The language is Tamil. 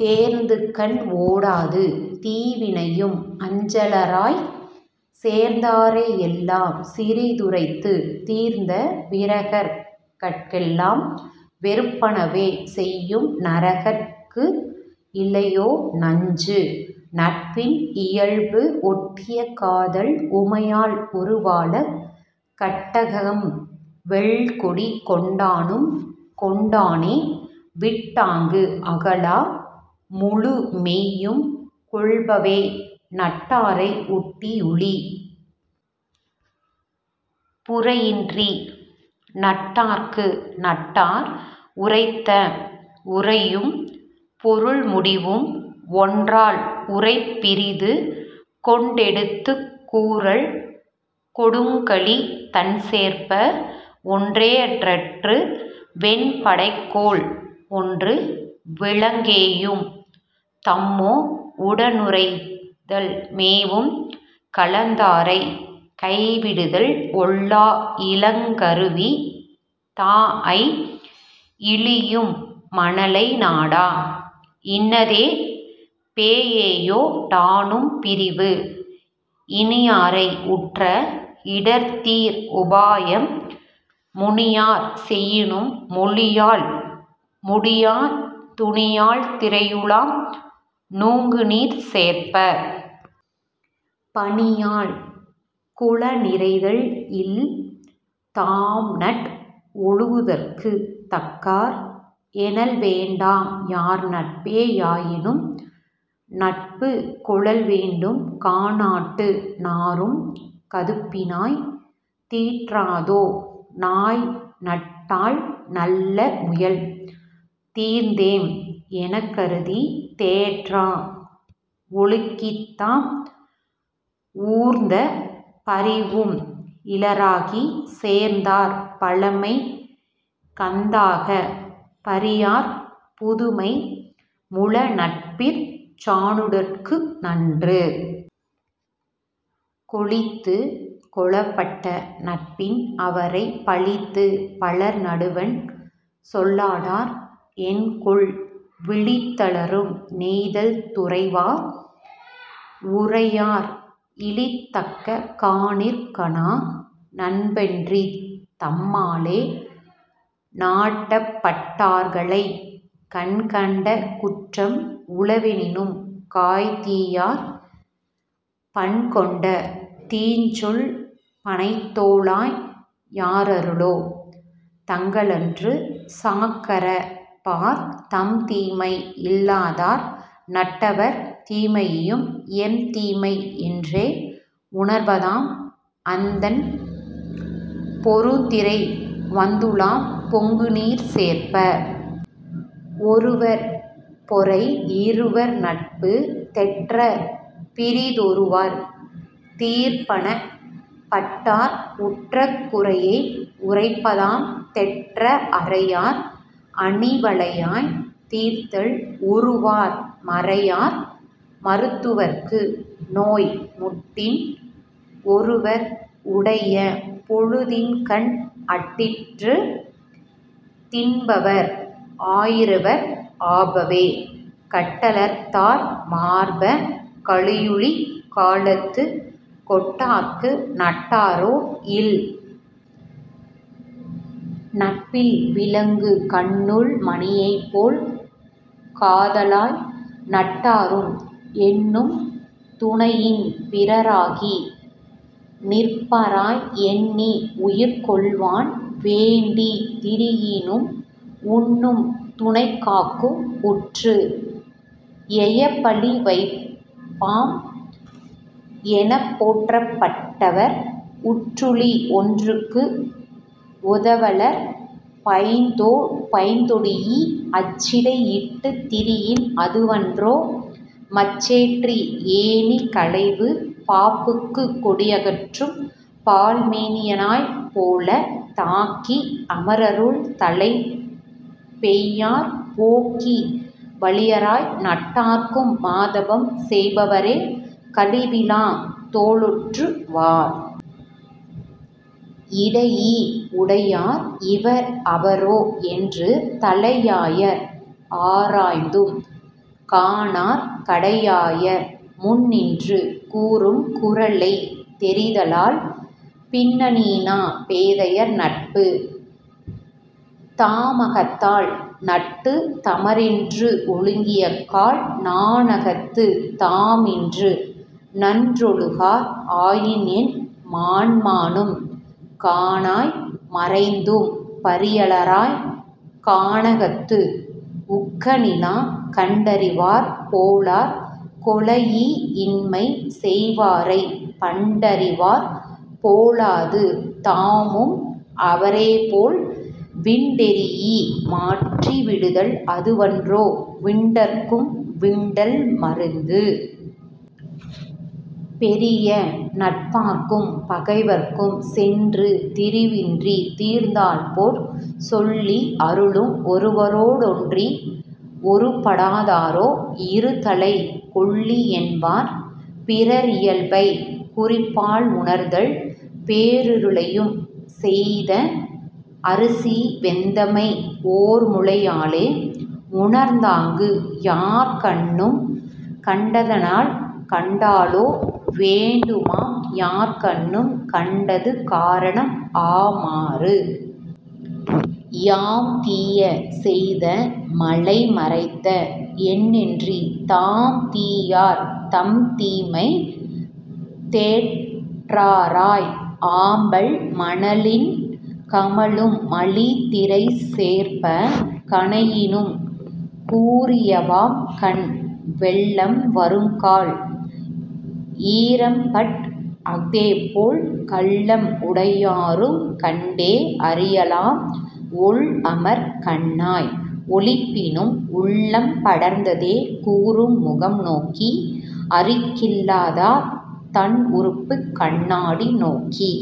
தேர்ந்துகண் ஓடாது தீவினையும் அஞ்சலராய்ச்। சேர்ந்தாரை யெல்லாம் சிறிதுரைத்துத் தீர்ந்த விரகர்கட் கெல்லாம் வெறுப்பனவே செய்யும் 'நரகர்கட்கு இல்லையோ நஞ்சு? '. நட்பின் இயல்பு ஒட்டிய காதல் 'உமையாள் ஒரு பாலக் கட்டங்கம் வெல்கொடி கொண்டானும் கொண்டானே' விட்டாங்கு அகலா முழுமெய்யும் கொள்பவே நட்டாரை ஒட்டி யுழி. புரையின்றி நட்டார்க்கு நட்டார் உரைத்த உரையும் பொருள்முடிவும் ஒன்றால் உரைபிறிது கொண்டெடுத்துக் கூறல் கொடுங்கழித் தண்சேர்ப்ப! 'ஒன்றேற்று வெண்படைக்கோள் ஒன்று'. விலங்கேயும் தம்மோ உடனுறைதல் மேவும் கலந்தாரைக் கைவிடுதல் ஒல்லா இலங்கருவி தாஅய் இழியும் மணலைநாட! 'இன்னாதே பேஎயோ டானும் பிரிவு'. இனியாரை உற்ற இடர்தீர் உபாயம் முனியார் செயினும் மொழியால் முடியா துனியால் திரையுலாம் நூங்குநீர்ச் சேர்ப்ப! 'பனியால் குளநிறைதல் இல்'. தாம்நட் ஒழுகுதற்குத் தக்கார் எனல்வேண்டா யார்நட்பே யாயினும் நட்புக் கொளல்வேண்டும் கானாட்டு நாறும் கதுப்பினாய்! 'தீற்றாதோ நாய்நட்டால் நல்ல முயல்? ' தீர்ந்தேம் எனக்கருதித் தேற்றா ஒழுகித்தாம் ஊர்ந்த பரிவும் இலராகிச் சேர்ந்தார் பழமை கந்தாகப் பரியார் புதுமை 'முழநட்பிற் சாணுட்கு நன்று'. கொழித்துக் கொளப்பட்ட நண்பின் அவரைப் பழித்துப் பலர்நடுவண் சொல்லாடார் என்கொல்? விழித்தலரும் நெய்தல் துறைவா! 'உரையார் இழித்தக்க காணிற் கனா'. நண்பொன்றித் தம்மாலே நாட்டப்பட்ட டார்களைக் கண்கண்ட குற்றம் உளவெனினும் காய்ந்தீயார் பண்கொண்ட தீஞ்சொல் பணைத்தோளாய்! 'யாருளரோ தங்கன்று சாக்கறப் பார்'. தம்தீமை இல்லாதார் நட்டவர் தீமையையும் எம்தீமை என்றே உணர்பதாம் அந்தண் பொருதிரை வந்துலாம் பொங்குநீர்ச் சேர்ப்ப! 'ஒருவர் பொறைஇருவர் நட்பு'. தெற்றப் பரிந்தொருவர் தீர்ப்பனப் பட்டார்க் உற்ற குறையை உரைப்பதாம் தெற்ற அறையார் அணிவளையாய்! தீர்தல் உறுவார் 'மறையார் மருத்துவர்க்கு நோய்'. முட்டின் ஒருவர் உடைய பொழுதின்கண் அட்டிற்றுத் தின்பவர் ஆயிரவர் ஆபவே கட்டலர்தார் மார்ப! கலியூழிக் காலத்துக் 'கெட்டார்க்கு நட்டாரோ இல்'.. நட்பில் விலக்கு கண்ணுள் மணியேபோல் காதலாய் நட்டாரும் எண்ணும் துணையில் பிறராகி நிற்பராய் எண்ணிஉயிர் கொள்வான் வேண்டித் திரியினும் 'உண்ணும் துணைக்காக்கும் கூற்று'. எயப்புழி வைப்பாம் எனப்போற்றப் பட்டவர் உற்றுழி ஒன்றுக்கு உதவலர் பைந்தொடீஇ! அச்சிடை இட்டுத் திரியின் அதுவன்றோ 'மச்சேற்றி ஏணி களைவு. ' பாப்புக் கொடியாற்குப் பால்மேனி யான்போலத் தாக்கி அமருள் தலைப் பெய்யார் போக்கி வழியராய் நட்டார்க்கு மாதவம் செய்வாரே 'கழிவிழாத் தோளேற்று வார்'. இடையீ உடையார் இவர்அவரோ என்று தலையாயர் ஆராய்ந்தும் காணார் கடையாயர் முன்னின்று கூறும் குறளை தெரிதலால் 'பின்னின்னா பேதையார் நட்பு. ' தாமகத்தால் நட்டுத் தமரென்று ஒழுகியக்கால் நாணகத்துத் தாமின்றி நன்றொழுகார் ஆயினென் மான்மானும் கண்ணாய்! மறந்தும் பரியலரா 'கானகத்து உக்க நிலா'. கண்டறிவார் போலார் கெழீஇயின்மை செய்வாரைப் பண்டறிவார் போலாது தாமும் அவரேபோல் விண்டொரீஇ மாற்றி விடுதல் அதுவன்றோ 'விண்டற்கு விண்டல் மருந்து'. பெரியநட் டார்க்கும் பகைவர்க்கும் சென்று திரிவின்றித் தீர்ந்தார்போல் சொல்லி அவருள் ஒருவரோ டொன்றி ஒருப்படா தாரே 'இருதலைக் கொள்ளியென் பார்'.. பிறர் இயல்பைக் குறிப்பால் உணர்தல் பேருலையுள் பெய்த அரிசியை வெந்தமை ஓர்மூழை யாலே உணர்ந்தாங்கு யார்கண்ணும் கண்டதனால் காண்டலே வேண்டுமாம் யார்கண்ணும் 'கண்டது காரணம்ஆ மாறு. ' யாம்தீய செய்த மலைமறைந்த என்றெண்ணித் தாம்தீயார் தம்தீமை தேற்றாராய் ஆம்பல் மணவில் கமழும் மலிதிரைச் சேர்ப்ப! 'கணையினுந் கூரியவாம் கண்'. வெள்ளம் வருங்கால் ஈரம்பட் அஃதேபோல் கள்ளம் உடையாருக் கண்டே அறியலாம் ஒள்அமர் கண்ணாய்! ஒளிப்பினும் 'உள்ளம் படர்ந்ததே கூறும் முகம்'. நோக்கி அறிகல்லாத் தம்உறுப்புக் கண்ணாடி நோக்கி